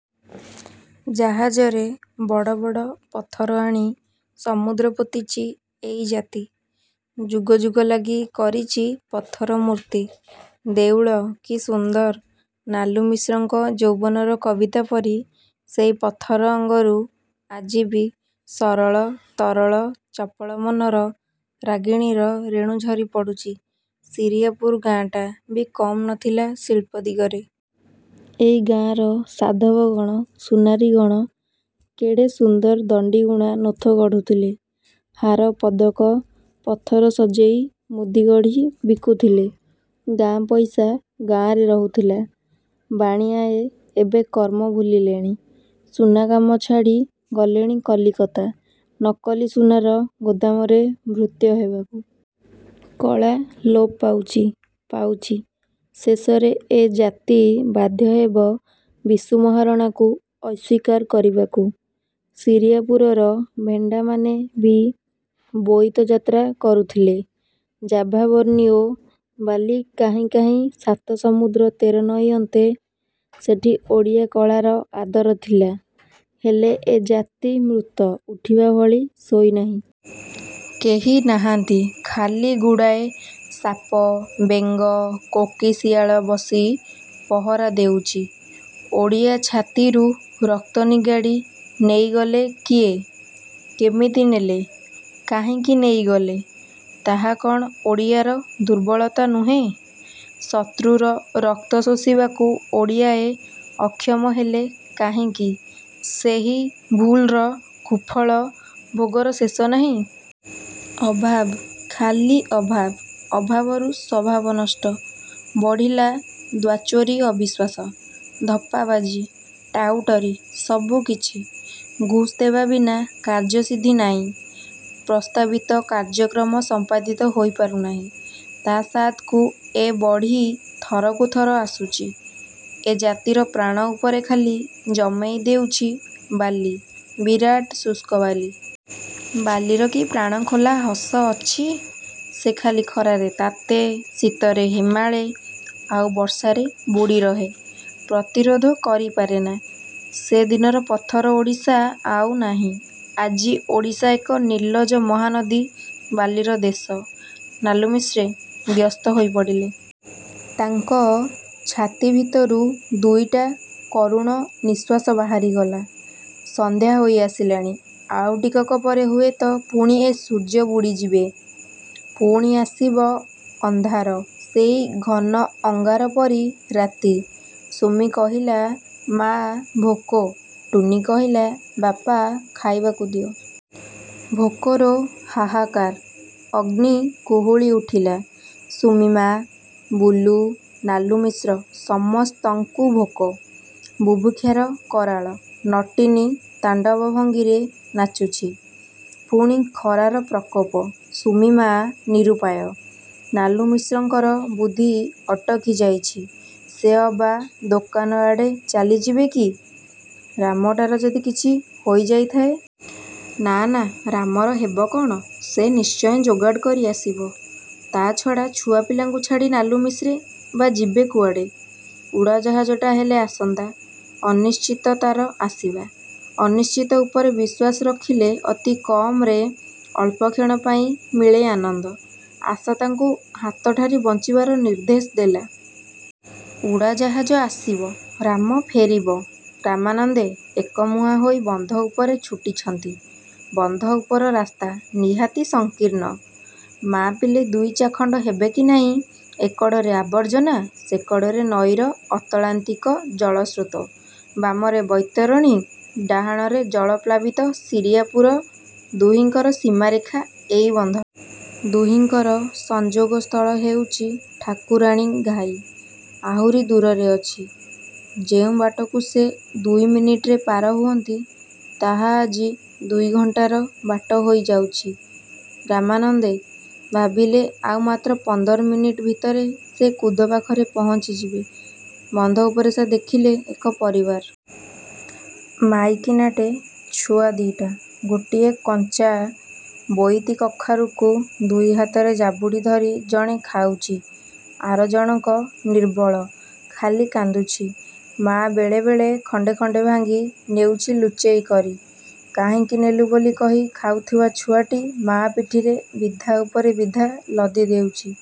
ଜାହାଜରେ ବଡ଼ ବଡ଼ ପଥର ଆଣି ସମୁଦ୍ର ପୋତିଚି ଏଇଜାତି। ଯୁଗ ଯୁଗ ଲାଗି କରିଚି ପଥର–ମୂର୍ତ୍ତି। ଦେଉଳ, କି ସୁନ୍ଦର! ନାଲୁମିଶ୍ରଙ୍କ ଯୌବନର କବିତା ପରି, ସେଇ ପଥର ଅଙ୍ଗରୁ, ଆଜି ବି, ସରଳ–ତରଳ–ଚପଳ ମନର ରାଗିଣୀର ରେଣୁ ଝରି ପଡ଼ୁଚି। ଶିରିଆପୁର ଗାଁଟା ବି କମ୍ ନ ଥିଲା ଶିଳ୍ପ ଦିଗରେ। ଏଇ ଗାଁର ସାଧବଗଣ, ସୁନାରୀଗଣ କେଡ଼େ ସୁନ୍ଦର ଦଣ୍ଡିଗୁଣା ନୋଥ ଗଢ଼ୁଥିଲେ। ହାର ପଦକ, ପଥର ସଜେଇ ମୁଦିଗଢ଼ି ବିକୁଥିଲେ। ଗାଁ ପଇସା ଗାଁରେ ରହୁଥିଲା। ବାଣିଆଏ ଏବେ କର୍ମ ଭୁଲିଲେଣି। ସୁନା କାମ ଛାଡ଼ି ଗଲେଣି କଲିକତା, ନକଲି ସୁନାର ଗୋଦାମରେ ଭୃତ୍ୟ ହେବାକୁ। କଳା ଲୋପ ପାଉଚି, ପାଉଚି; ଶେଷରେ ଏଜାତି ବାଧ୍ୟହେବ ବିଶୁ ମହାରଣାକୁ ଅସ୍ୱୀକାର କରିବାକୁ। ଶିରିଆପୁରର ଭେଣ୍ଡାମାନେ ବି ବୋଇତ ଯାତ୍ରା କରୁଥିଲେ–ଜାଭା ବୋର୍ଣ୍ଣିଓ, ବାଲି କାହିଁ କାହିଁ ସାତ ସମୁଦ୍ର ତେରନଈ ଅନ୍ତେ। ସେଠି ଓଡ଼ିଆ କଳାର ଆଦରଥିଲା। ହେଲେ ଏଜାତି ମୃତ। ଉଠିବା ଭଳି ଶୋଇନାହିଁ। କେହି ନାହାନ୍ତି ଖାଲି ଗୁଡ଼ାଏ ସାପ, ବେଙ୍ଗ, କୋକିଶିଆଳ ବସି ପହରା ଦେଉଚି। ଓଡ଼ିଆ ଛାତିରୁ ରକ୍ତ ନିଗାଡ଼ି ନେଇଗଲେ କିଏ? କେମିତି ନେଲେ? କାହିଁକି ନେଇଗଲେ? ତାହା କଣ ଓଡ଼ିଆର ଦୁର୍ବଳତା ନୁହେଁ? ଶତ୍ରୁର ରକ୍ତ ଶୋଷିବାକୁ ଓଡ଼ିଆଏ ଅକ୍ଷମ ହେଲେ କାହିଁକି? ସେଇ ଭୁଲ୍ର କୁଫଳ ଭୋଗର ଶେଷ ନାହିଁ। ଅଭାବ, ଖାଲି ଅଭାବ। ଅଭାବରୁ ସ୍ୱଭାବ ନଷ୍ଟ। ବଢ଼ିଲା ଦ୍ୱାଚୋରୀ ଅବିଶ୍ୱାସ, ଧପ୍ପାବାଜି, ଟାଉଟରୀ ସବୁକିଛି। ଘୁସ୍ ଦେବା ବିନା କାର୍ଯ୍ୟସିଦ୍ଧି ନାଇଁ। ପ୍ରସ୍ତାବିତ କାର୍ଯ୍ୟକ୍ରମ ସଂପାଦିତ ହୋଇପାରୁ ନାଇଁ। ତା ସାଥକୁ ଏ ବଢ଼ି ଥରକୁ ଥର ଆସୁଚି। ଏ ଜାତିର ପ୍ରାଣ ଉପରେ ଖାଲି ଜମେଇ ଦେଉଛି ବାଲି, ବିରାଟ ଶୁଷ୍କବାଲି। ବାଲିର କି ପ୍ରାଣଖୋଲା ହସ ଅଛି। ସେ ଖାଲି ଖରାରେ ତାତେ, ଶୀତରେ ହେମାଳେ, ଆଉ ବର୍ଷାରେ ବୁଡ଼ି ରହେ। ପ୍ରତିରୋଧ କରି ପାରେନା। ସେ ଦିନର ପଥର ଓଡ଼ିଶା ଆଉ ନାହିଁ। ଆଜି ଓଡ଼ିଶା ଏକ ନିର୍ଲ୍ଲଜ ମହାନଦୀ ବାଲିର ଦେଶ। ନାଲୁମିଶ୍ରେ–ବ୍ୟସ୍ତ ହୋଇ ପଡ଼ିଲେ। ତାଙ୍କ ଛାତି ଭିତରୁ ଦୁଇଟା କରୁଣ ନିଃଶ୍ୱାସ ବାହାରିଗଲା। ସଂଧ୍ୟା ହୋଇ ଆସିଲାଣି। ଆଉ ଟିକକ ପରେ ହୁଏତ ପୁଣି ଏ ସୂର୍ଯ୍ୟ ବୁଡ଼ିଯିବେ। ପୁଣି ଆସିବ ଅନ୍ଧାର, ସେଇ ଘନ ଅଙ୍ଗାର ପରି ରାତି। ସୁମି କହିଲା–ମା' ଭୋକ। ଟୁନୀ କହିଲା ବାପା, ଖାଇବାକୁ ଦିଅ। ଭୋକର ହାହାକାର ଅଗ୍ନି କୁହୁଳି ଉଠିଲା। ସୁମି-ମା, ବୁଲୁ, ନାଲୁମିଶ୍ର ସମସ୍ତଙ୍କୁ ଭୋକ। ବୁଭୁକ୍ଷାର କରାଳ ନଟୀନୀ ତାଣ୍ଡବ ଭଙ୍ଗୀରେ ନାଚୁଛି। ପୁଣି, ଖରାର ପ୍ରକୋପ। ସୁମି-ମା, ନିରୁପାୟ। ନାଲୁମିଶ୍ରଙ୍କର ବୁଦ୍ଧି ଅଟକି ଯାଇଛି। ସେ ଅବା ଦୋକାନଆଡ଼େ ଚାଲିଯିବେ କି? ରାମଟାର ଯଦି କିଛି ହୋଇଯାଇଥାଏ? ନା ନା ରାମର ହେବ କ'ଣ–ସେ ନିଶ୍ଚୟ ଯୋଗାଡ଼ କରି ଆସିବ। ତା'ଛଡ଼ା ଛୁଆପିଲାଙ୍କୁ ଛାଡ଼ି ନାଲୁମିଶ୍ରେ ବା ଯିବେ କୁଆଡ଼େ? ଉଡ଼ାଜାହାଜଟା ହେଲେ ଆସନ୍ତା। ଅନିଶ୍ଚିତ ତା'ର ଆସିବା।। ଅନିଶ୍ଚିତ ଉପରେ ବିଶ୍ୱାସ ରଖିଲେ ଅତି କମରେ ଅଳ୍ପକ୍ଷଣପାଇଁ ମିଳେ ଆନନ୍ଦ। ଆଶା ତାଙ୍କୁ ହାତଠାରି ବଞ୍ଚିବାର ନିର୍ଦ୍ଦେଶ ଦେଲା। ଉଡ଼ାଜାହାଜ ଆସିବ। ରାମ ଫେରିବ। ରାମାନନ୍ଦେ। ଏକମୁହାଁ ହୋଇ ବନ୍ଧ ଉପରେ ଛୁଟିଛନ୍ତି। ବନ୍ଧ ଉପର ରାସ୍ତା, ନିହାତି ସଂକୀର୍ଣ୍ଣ। ମାପିଲେ ଦୁଇ ଚାଖଣ୍ଡ ହେବ କି ନାହିଁ। ଏ କଡ଼ରେ ଆବର୍ଜ୍ଜନା, ସେ କଡ଼ରେ ନଈର ଅତଳାନ୍ତିକ ଜଳସ୍ରୋତ। ବାମରେ ବୈତରଣୀ, ଡାହାଣରେ ଜଳପ୍ଳାବିତ ଶିରିଆପୁର ଦୁହିଙ୍କର ସୀମାରେଖା ଏଇ ବନ୍ଧ। ଦୁହିଙ୍କର ସଂଯୋଗସ୍ଥଳ ହେଉଚି ଠାକୁରାଣୀ ଘାଇ, ଆହୁରି ଦୂରରେ ଅଛି-। ଯେଉଁ ବାଟକୁ ସେ ଦୁଇ ମିନିଟରେ ପାର ହୁଅନ୍ତି, ତାହା ଆଜି ଦୁଇଘଣ୍ଟାର ବାଟ ହୋଇଯାଉଛି। ରାମାନନ୍ଦେ ଭାବିଲେ–ଆଉ ମାତ୍ର ପନ୍ଦର ମିନିଟ୍ ଭିତରେ ସେ କୁଦ ପାଖରେ ପହଞ୍ଚିଯିବେ। ବନ୍ଧ ଉପରେ ସେ ଦେଖିଲେ ଏକ ପରିବାର। ମାଇକିନାଟେ ଛୁଆ ଦି'ଟା। ଗୋଟିଏ କଞ୍ଚା ବୋଇତିକଖାରୁକୁ ଦୁଇ ହାତରେ ଜାବୁଡ଼ି ଧରି ଜଣେ ଖାଉଛି। ଆରଜଣକ ନିର୍ବଳ। ଖାଲି କାନ୍ଦୁଛି। ମା' ବେଳେବେଳେ ଖଣ୍ଡେ ଖଣ୍ଡେ ଭାଙ୍ଗି ନେଉଛି ଲୁଚେଇ କରି। କାହିଁକି ନେଲୁ ବୋଲି କହି ଖାଉଥିବା ଛୁଆଟି ମା' ପିଠିରେ ବିଧା ଉପରେ ବିଧା ଲଦି ଦେଉଛି।